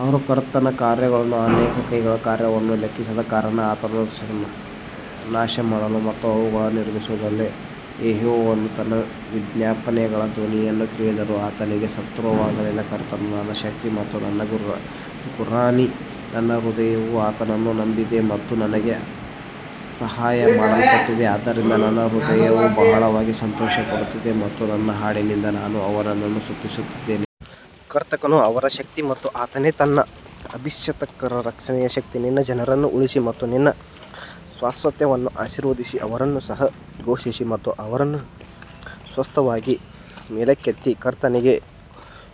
ಅವರು ಕರ್ತನ ಕಾರ್ಯಗಳನ್ನೂ ಆತನ ಕೈಗಳ ಕಾರ್ಯವನ್ನೂ ಲೆಕ್ಕಿಸದ ಕಾರಣ ಆತನು ಅವರನ್ನು ನಾಶಮಾಡುವನು ಮತ್ತು ಅವುಗಳನ್ನು ನಿರ್ಮಿಸುವುದಿಲ್ಲ ಯೆಹೋವನು ನನ್ನ ವಿಜ್ಞಾಪನೆಗಳ ಧ್ವನಿಯನ್ನು ಕೇಳಿದ್ದರಿಂದ ಆತನಿಗೆ ಸ್ತೋತ್ರವಾಗಲಿ ಕರ್ತನು ನನ್ನ ಶಕ್ತಿ ಮತ್ತು ನನ್ನ ಗುರಾಣಿ ನನ್ನ ಹೃದಯವು ಆತನನ್ನು ನಂಬಿದೆ ಮತ್ತು ನನಗೆ ಸಹಾಯ ಮಾಡಲ್ಪಟ್ಟಿದೆ ಆದ್ದರಿಂದ ನನ್ನ ಹೃದಯವು ಬಹಳವಾಗಿ ಸಂತೋಷಪಡುತ್ತದೆ ಮತ್ತು ನನ್ನ ಹಾಡಿನಿಂದ ನಾನು ಅವನನ್ನು ಸ್ತುತಿಸುತ್ತೇನೆ. ಕರ್ತನು ಅವರ ಶಕ್ತಿ ಮತ್ತು ಆತನೇ ತನ್ನ ಅಭಿಷಿಕ್ತರ ರಕ್ಷಣೆಯ ಶಕ್ತಿ ನಿನ್ನ ಜನರನ್ನು ಉಳಿಸಿ ಮತ್ತು ನಿನ್ನ ಸ್ವಾಸ್ತ್ಯವನ್ನು ಆಶೀರ್ವದಿಸಿ ಅವರನ್ನು ಸಹ ಪೋಷಿಸಿ ಮತ್ತು ಅವರನ್ನು ಶಾಶ್ವತವಾಗಿ ಮೇಲಕ್ಕೆತ್ತಿ ಕರ್ತನಿಗೆ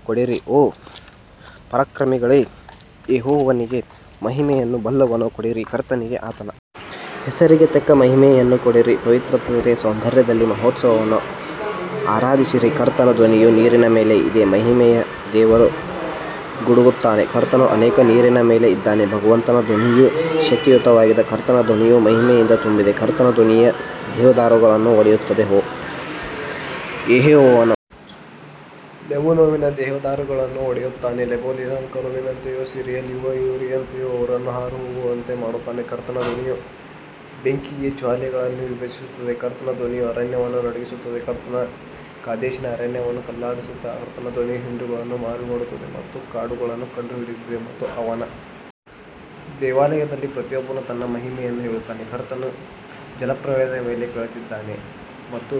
ಕೊಡಿರಿ ಓ ಪರಾಕ್ರಮಿಗಳೇ ಯೆಹೋವನಿಗೆ ಮಹಿಮೆಯನ್ನೂ ಬಲವನ್ನೂ ಕೊಡಿರಿ ಕರ್ತನಿಗೆ ಆತನ ಹೆಸರಿಗೆ ತಕ್ಕ ಮಹಿಮೆಯನ್ನು ಕೊಡಿರಿ, ಪವಿತ್ರತೆಯ ಸೌಂದರ್ಯದಲ್ಲಿ ಯೆಹೋವನನ್ನು ಆರಾಧಿಸಿರಿ ಕರ್ತನ ಧ್ವನಿಯು ನೀರಿನ ಮೇಲೆ ಇದೆ ಮಹಿಮೆಯ ದೇವರು ಗುಡುಗುತ್ತಾನೆ ಕರ್ತನು ಅನೇಕ ನೀರಿನ ಮೇಲೆ ಇದ್ದಾನೆ ಭಗವಂತನ ಧ್ವನಿಯು ಶಕ್ತಿಯುತವಾಗಿದೆ ಕರ್ತನ ಧ್ವನಿಯು ಮಹಿಮೆಯಿಂದ ತುಂಬಿದೆ ಕರ್ತನ ಧ್ವನಿಯು ದೇವದಾರುಗಳನ್ನು ಒಡೆಯುತ್ತದೆ, ಯೆಹೋವನು ಲೆಬನೋನಿನ ದೇವದಾರುಗಳನ್ನು ಒಡೆಯುತ್ತಾನೆ ಲೆಬನೋನ್ ಕರುವಿನಂತೆಯೂ ಸಿರಿಯನ್ ಯುವ ಹೋರಿಯಂತೆಯೂ ಅವರನ್ನು ಹಾರಿಹೋಗುವಂತೆ ಮಾಡುತ್ತಾನೆ ಕರ್ತನ ಧ್ವನಿಯು ಬೆಂಕಿಯ ಜ್ವಾಲೆಗಳನ್ನು ವಿಭಜಿಸುತ್ತದೆ ಕರ್ತನ ಧ್ವನಿಯು ಅರಣ್ಯವನ್ನು ನಡುಗಿಸುತ್ತದೆ ಕರ್ತನು ಕಾದೇಶಿನ ಅರಣ್ಯವನ್ನು ಅಲ್ಲಾಡಿಸುತ್ತಾನೆ ಕರ್ತನ ಧ್ವನಿಯು ಹಿಂಡುಗಳನ್ನು ಮರಿಮಾಡುತ್ತದೆ ಮತ್ತು ಕಾಡುಗಳನ್ನು ಕಂಡುಹಿಡಿದಿದೆ ಮತ್ತು ಅವನ ದೇವಾಲಯದಲ್ಲಿ ಪ್ರತಿಯೊಬ್ಬನು ತನ್ನ ಮಹಿಮೆಯನ್ನು ಹೇಳುತ್ತಾನೆ ಕರ್ತನು ಜಲಪ್ರಳಯದ ಮೇಲೆ ಕುಳಿತಿದ್ದಾನೆ ಮತ್ತು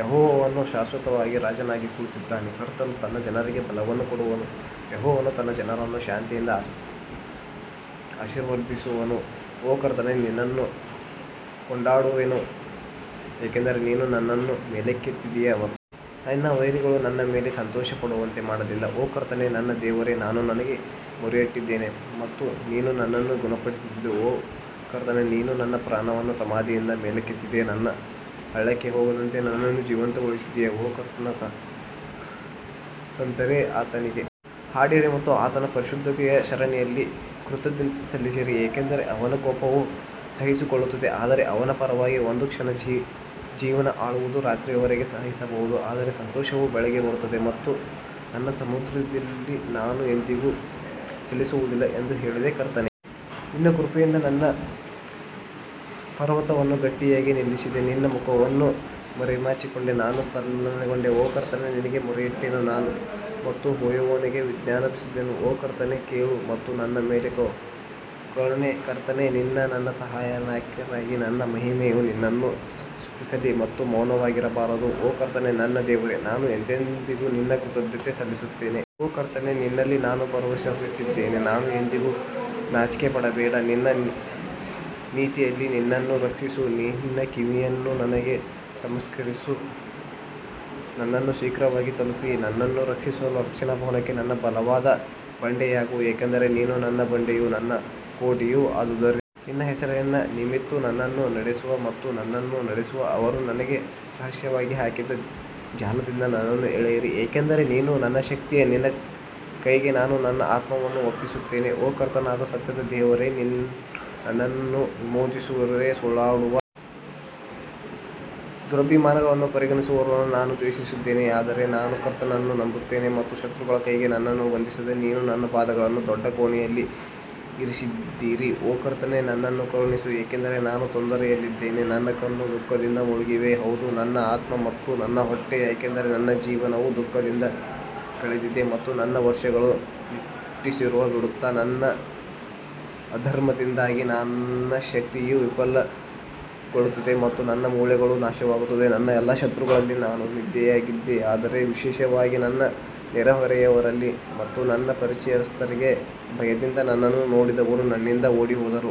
ಯೆಹೋವನು ಶಾಶ್ವತವಾಗಿ ರಾಜನಾಗಿ ಕುಳಿತಿದ್ದಾನೆ ಕರ್ತನು ತನ್ನ ಜನರಿಗೆ ಬಲವನ್ನು ಕೊಡುವನು, ಯೆಹೋವನು ತನ್ನ ಜನರನ್ನು ಶಾಂತಿಯಿಂದ ಆಶೀರ್ವದಿಸುವನು ಓ ಕರ್ತನೇ ನಿನ್ನನ್ನು ಕೊಂಡಾಡುವೆನು ಏಕೆಂದರೆ ನೀನು ನನ್ನನ್ನು ಮೇಲಕ್ಕೆತ್ತಿದ್ದೀ ಮತ್ತು ನನ್ನ ವೈರಿಗಳು ನನ್ನ ಮೇಲೆ ಸಂತೋಷಪಡುವಂತೆ ಮಾಡಲಿಲ್ಲ ಓ ಕರ್ತನೇ ನನ್ನ ದೇವರೇ, ನಾನು ನಿನಗೆ ಮೊರೆಯಿಟ್ಟಿದ್ದೇನೆ ಮತ್ತು ನೀನು ನನ್ನನ್ನು ಗುಣಪಡಿಸಿದ್ದೀ ಓ ಕರ್ತನೇ, ನೀನು ನನ್ನ ಪ್ರಾಣವನ್ನು ಸಮಾಧಿಯಿಂದ ಮೇಲಕ್ಕೆತ್ತಿದ್ದೀ, ನಾನು ಹಳ್ಳಕ್ಕೆ ಹೋಗದಂತೆ ನನ್ನನ್ನು ಜೀವಂತಗೊಳಿಸಿದ್ದೀ ಓ ಕರ್ತನ ಸಂತರೇ ಆತನಿಗೆ ಹಾಡಿರಿ ಮತ್ತು ಆತನ ಪರಿಶುದ್ಧತೆಯ ಸ್ಮರಣೆಯಲ್ಲಿ ಕೃತಜ್ಞತೆ ಸಲ್ಲಿಸಿರಿ ಯಾಕಂದರೆ ಅವನ ಕೋಪವು ಸಹಿಸಿಕೊಳ್ಳುತ್ತದೆ ಆದರೆ ಅವನ ಪರವಾಗಿ ಒಂದು ಕ್ಷಣ ಜೀವನ ಅಳುವುದು ರಾತ್ರಿಯವರೆಗೆ ಸಹಿಸಬಹುದು ಆದರೆ ಸಂತೋಷವು ಬೆಳಿಗ್ಗೆ ಬರುತ್ತದೆ ಮತ್ತು ನನ್ನ ಸಮೃದ್ಧಿಯಲ್ಲಿ ನಾನು ಎಂದಿಗೂ ಚಲಿಸುವುದಿಲ್ಲ ಎಂದು ಹೇಳಿದೆ ಕರ್ತನೇ ನಿನ್ನ ಕೃಪೆಯಿಂದ ನನ್ನ ಪರ್ವತವನ್ನು ಗಟ್ಟಿಯಾಗಿ ನಿಲ್ಲಿಸಿದ್ದೀ ನಿನ್ನ ಮುಖವನ್ನು ಮರೆಮಾಚಿಕೊಂಡೆ ನಾನು ತಲ್ಲಣಗೊಂಡೆ ಓ ಕರ್ತನೇ ನಿನಗೆ ಮೊರೆಯಿಟ್ಟೆನು ಮತ್ತು ಯೆಹೋವನಿಗೆ ವಿಜ್ಞಾಪಿಸಿದೆನು ಓ ಕರ್ತನೇ ಕೇಳು ಮತ್ತು ನನ್ನ ಮೇಲೆ ಕರುಣಿಸು ಕರ್ತನೇ ನೀನು ನನ್ನ ಸಹಾಯಕನಾಗಿರು ನನ್ನ ಮಹಿಮೆಯು ನಿನ್ನನ್ನು ಸ್ತುತಿಸಲಿ ಮತ್ತು ಮೌನವಾಗಿರಬಾರದು, ಓ ಕರ್ತನೇ ನನ್ನ ದೇವರೇ, ನಾನು ಎಂದೆಂದಿಗೂ ನಿನಗೆ ಕೃತಜ್ಞತೆ ಸಲ್ಲಿಸುತ್ತೇನೆ. ಓ ಕರ್ತನೇ ನಿನ್ನಲ್ಲಿ ನಾನು ಭರವಸವಿಟ್ಟಿದ್ದೇನೆ ನಾನು ಎಂದಿಗೂ ನಾಚಿಕೆಪಡಬೇಡ ನಿನ್ನ ನೀತಿಯಲ್ಲಿ ನನ್ನನ್ನು ರಕ್ಷಿಸು ನಿನ್ನ ಕಿವಿಯನ್ನು ನನಗೆ ನಮಸ್ಕರಿಸಿ ನನ್ನನ್ನು ಶೀಘ್ರವಾಗಿ ತಲುಪಿಸಿ ನನ್ನನ್ನು ರಕ್ಷಿಸಲು ರಕ್ಷಣಾ ಭವನಕ್ಕೆ ನನ್ನ ಬಲವಾದ ಬಂಡೆಯಾಗು ಯಾಕಂದರೆ ನೀನು ನನ್ನ ಬಂಡೆಯೂ ನನ್ನ ಕೋಟೆಯೂ ಆದುದರಿಂದ ನಿನ್ನ ಹೆಸರಿನ ನಿಮಿತ್ತ ನನ್ನನ್ನು ನಡೆಸು ಮತ್ತು ನನ್ನನ್ನು ನಡೆಸು ಅವರು ನನಗೆ ರಹಸ್ಯವಾಗಿ ಹಾಕಿದ ಜಾಲದಿಂದ ನನ್ನನ್ನು ಎಳೆಯಿರಿ ಏಕೆಂದರೆ ನೀನು ನನ್ನ ಶಕ್ತಿ ನಿನ್ನ ಕೈಗೆ ನಾನು ನನ್ನ ಆತ್ಮವನ್ನು ಒಪ್ಪಿಸುತ್ತೇನೆ, ಓ ಕರ್ತನಾದ ಸತ್ಯದ ದೇವರೇ, ನೀನು ನನ್ನನ್ನು ವಿಮೋಚಿಸಿರುವೆ ಸುಳ್ಳಾಡುವ ದುರಭಿಮಾನಗಳನ್ನು ಪರಿಗಣಿಸುವವರನ್ನು ನಾನು ದ್ವೇಷಿಸಿದ್ದೇನೆ ಆದರೆ ನಾನು ಕರ್ತನನ್ನು ನಂಬುತ್ತೇನೆ ಮತ್ತು ಶತ್ರುಗಳ ಕೈಗೆ ನನ್ನನ್ನು ಬಂಧಿಸದೆ ನೀವು ನನ್ನ ಪಾದಗಳನ್ನು ದೊಡ್ಡ ಕೋಣೆಯಲ್ಲಿ ಇರಿಸಿದ್ದೀರಿ ಓ ಕರ್ತನೇ ನನ್ನನ್ನು ಕರುಣಿಸು ಯಾಕಂದರೆ ನಾನು ತೊಂದರೆಯಲ್ಲಿದ್ದೇನೆ ನನ್ನ ಕಣ್ಣು ದುಃಖದಿಂದ ಮುಳುಗಿದೆ ಹೌದು ನನ್ನ ಆತ್ಮ ಮತ್ತು ನನ್ನ ಹೊಟ್ಟೆ ಯಾಕಂದರೆ ನನ್ನ ಜೀವನವು ದುಃಖದಿಂದ ಕಳೆದಿದೆ ಮತ್ತು ನನ್ನ ವರ್ಷಗಳು ನಿಟ್ಟುಸಿರು ಬಿಡುತ್ತಾ ನನ್ನ ಅಧರ್ಮದಿಂದಾಗಿ ನನ್ನ ಶಕ್ತಿಯು ವಿಫಲಗೊಳ್ಳುತ್ತದೆ ಮತ್ತು ನನ್ನ ಮೂಳೆಗಳು ನಾಶವಾಗುತ್ತವೆ ನನ್ನ ಎಲ್ಲಾ ಶತ್ರುಗಳಲ್ಲಿ ನಾನು ನಿಂದೆಯಾಗಿದ್ದೆ ಆದರೆ ವಿಶೇಷವಾಗಿ ನನ್ನ ನೆರೆಹೊರೆಯವರಲ್ಲಿ ಮತ್ತು ನನ್ನ ಪರಿಚಯಸ್ಥರಿಗೆ ಭಯದಿಂದ ನನ್ನನ್ನು ನೋಡಿದವರು ನನ್ನಿಂದ ಓಡಿಹೋದರು.